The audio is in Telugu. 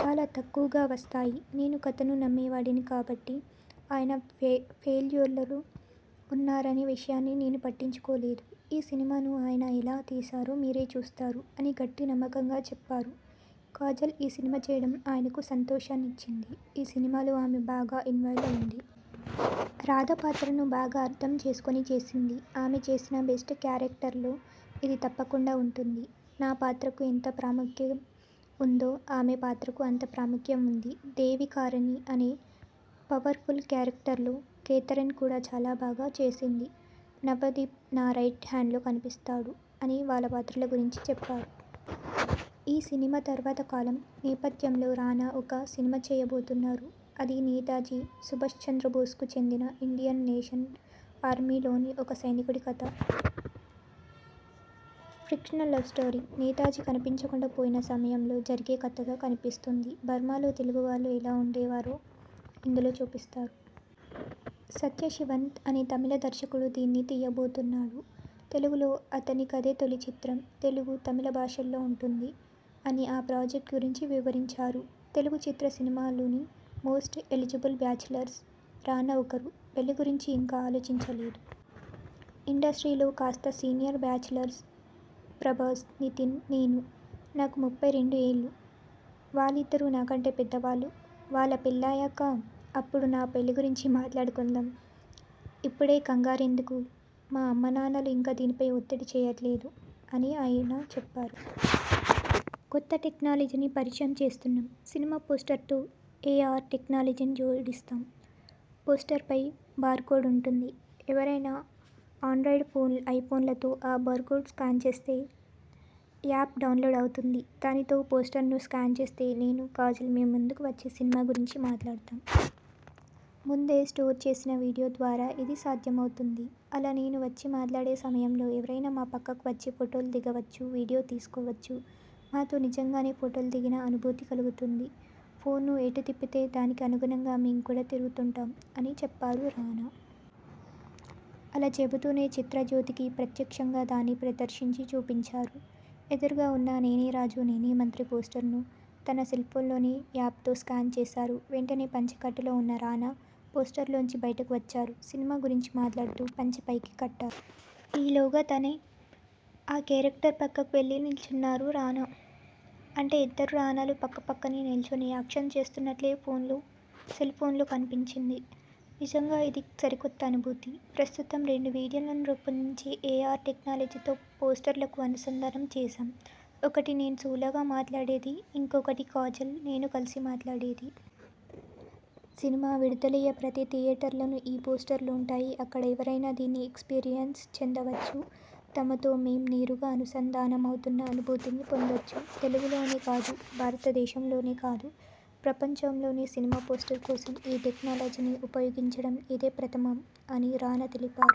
చాలా తక్కువగా వస్తాయి. నేను కథను నమ్మేవాడిని కాబట్టి, ఆయన ఫె ఫెయిల్యూర్స్లో ఉన్నారనే విషయాన్ని నేను పట్టించుకోలేదు. ఈ సినిమాను ఆయన ఎలా తీశారో మీరే చూస్తారు! '' అని గట్టి నమ్మకంగా చెప్పారు. కాజల్ ఈ సినిమా చేయడం ఆయనకు సంతోషాన్నిచ్చింది. ''ఈ సినిమాలో ఆమె బాగా ఇన్వాల్వ్ అయింది. రాధ పాత్రను బాగా అర్థం చేసుకొని చేసింది. ఆమె చేసిన బెస్ట్ కేరక్టర్స్లో ఇది తప్పకుండా ఉంటుంది. నా పాత్రకు ఎంత ప్రాముఖ్యం ఉందో ఆమె పాత్రకూ అంత ప్రాముఖ్యం ఉంది. దేవికారాణి అనే పవర్ఫుల్ కేరక్టర్లో కేథరిన్ కూడా చాలా బాగా చేసింది. నవదీప్ నా రైట్ హ్యాండ్గా కనిపిస్తాడు'' అని వాళ్ల పాత్రల గురించి చెప్పారు. ఈ సినిమా తర్వాత కాలం నేపథ్యంలో రానా ఒక సినిమా చేయ బోతున్నారు. ''అది నేతాజీ సుభాష్చంద్రబోస్కు చెందిన ఇండియన్ నేషనల్ ఆర్మీలోని ఒక సైనికుడి కథ. Fictional love story. నేతాజీ కనిపించకుండా పోయిన సమయంలో జరిగే కథగా కనిపిస్తుంది. బర్మాలో తెలుగు వాళ్లు ఎలా ఉండేవారో ఇందులో చూపిస్తారు. సత్య శివన్ అనే తమిళ దర్శకుడు దీన్ని తీయబోతున్నాడు. తెలుగులో అతనికిదే తొలి చిత్రం. తెలుగు, తమిళ భాషల్లో ఉంటుంది'' అని ఆ ప్రాజెక్ట్ గురించి వివరించారు. తెలుగు చిత్ర సీమలోని మోస్ట్ ఎలిజిబుల్ బ్యాచిలర్స్లో రానా ఒకరు. ''పెళ్లి గురించి ఇంకా ఆలోచించ లేదు. ఇండస్ట్రీలో కాస్త సీనియర్ బ్యాచిలర్స్.. ప్రభాస్, నితిన్, నేను. నాకు ముప్పై రెండు ఏళ్లు. వాళ్లిద్దరూ నా కంటే పెద్దవాళ్లు. వాళ్ల పెళ్లయ్యాక అప్పుడు నా పెళ్లి గురించి మాట్లాడుకుందాం. ఇప్పుడే కంగారు రెందుకు? మా అమ్మానాన్నలు ఇంకా దీనిపై ఒత్తిడి చేయట్లేదు'' అని ఆయన చెప్పారు. కొత్త టెక్నాలజీని పరిచయం చేస్తున్నాం''సినిమా పోస్టర్తో ఏఆర్ టెక్నాలజీని జోడిస్తాం. పోస్టర్పై ఓ 'బార్ కోడ్' ఉంటుంది. ఎవరైనా ఆండ్రాయిడ్ ఫోన్లు, ఐ ఫోన్లతో ఆ బార్కోడ్ను స్కాన్ చేస్తే, యాప్ డౌన్లోడ్ అవుతుంది. దానితో పోస్టర్ను స్కాన్ చేస్తే నేను, కాజల్ మీ ముందుకు వచ్చి సినిమా గురించి మాట్లాడతాం. ముందే స్టోర్ చేసిన వీడియో ద్వారా ఇది సాధ్యమవుతుంది. అలా నేను వచ్చి మాట్లాడే సమయంలో ఎవరైనా మా పక్కకు వచ్చి ఫొటోలు దిగవచ్చు. వీడియో తీసుకోవచ్చు. మాతో నిజంగానే ఫొటోలు దిగిన అనుభూతి కలుగుతుంది. ఫోన్ను ఎటు తిప్పితే, దానికి అనుగుణంగా మేం కూడా తిరుగుతుంటాం'' అని చెప్పారు రానా. అలా చెబుతూనే చిత్రజ్యోతికి ప్రత్యక్షంగా దాన్ని ప్రదర్శించి చూపించారు. ఎదురుగా ఉన్న 'నేనే రాజు నేనే మంత్రి' పోస్టర్ను తన సెల్ఫోన్లోని యాప్తో స్కాన్ చేశారు. వెంటనే పంచె కట్టులో ఉన్న రానా పోస్టర్లోంచి బయటకు వచ్చారు. సినిమా గురించి మాట్లాడుతూ పంచె పైకి కట్టా. ఈ లోగా తనే ఆ కేరక్టర్ పక్కకు వెళ్లి నిల్చున్నారు రానా. అంటే ఇద్దరు రానాలు పక్కపక్కనే నిల్చుని యాక్షన్ చేస్తున్నట్లే సెల్ఫోన్లో కనిపించింది. నిజంగా ఇది సరికొత్త అనుభూతి! ''ప్రస్తుతం రెండు వీడియోలను రూపొందించి ఏఆర్ టెక్నాలజీతో పోస్టర్లకు అనుసంధానం చేశాం. ఒకటి నేను సోలోగా మాట్లాడేది, ఇంకొకటి కాజల్, నేను కలిసి మాట్లాడేది. సినిమా విడుదలయ్యే ప్రతి థియేటర్లోనూ ఈ పోస్టర్లు ఉంటాయి. అక్కడ ఎవరైనా దీన్ని ఎక్స్పీరియెన్స్ చెందవచ్చు. తమతో మేం నేరుగా అనుసంధాన మవుతున్న అనుభూతి పొందవచ్చు. తెలుగులోనే కాదు, భారతదేశంలోనే కాదు, ప్రపంచంలోనే సినిమా పోస్టర్ కోసం ఈ టెక్నాలజీని ఉపయోగించడం ఇదే ప్రథమం'' అని రానా తెలిపా.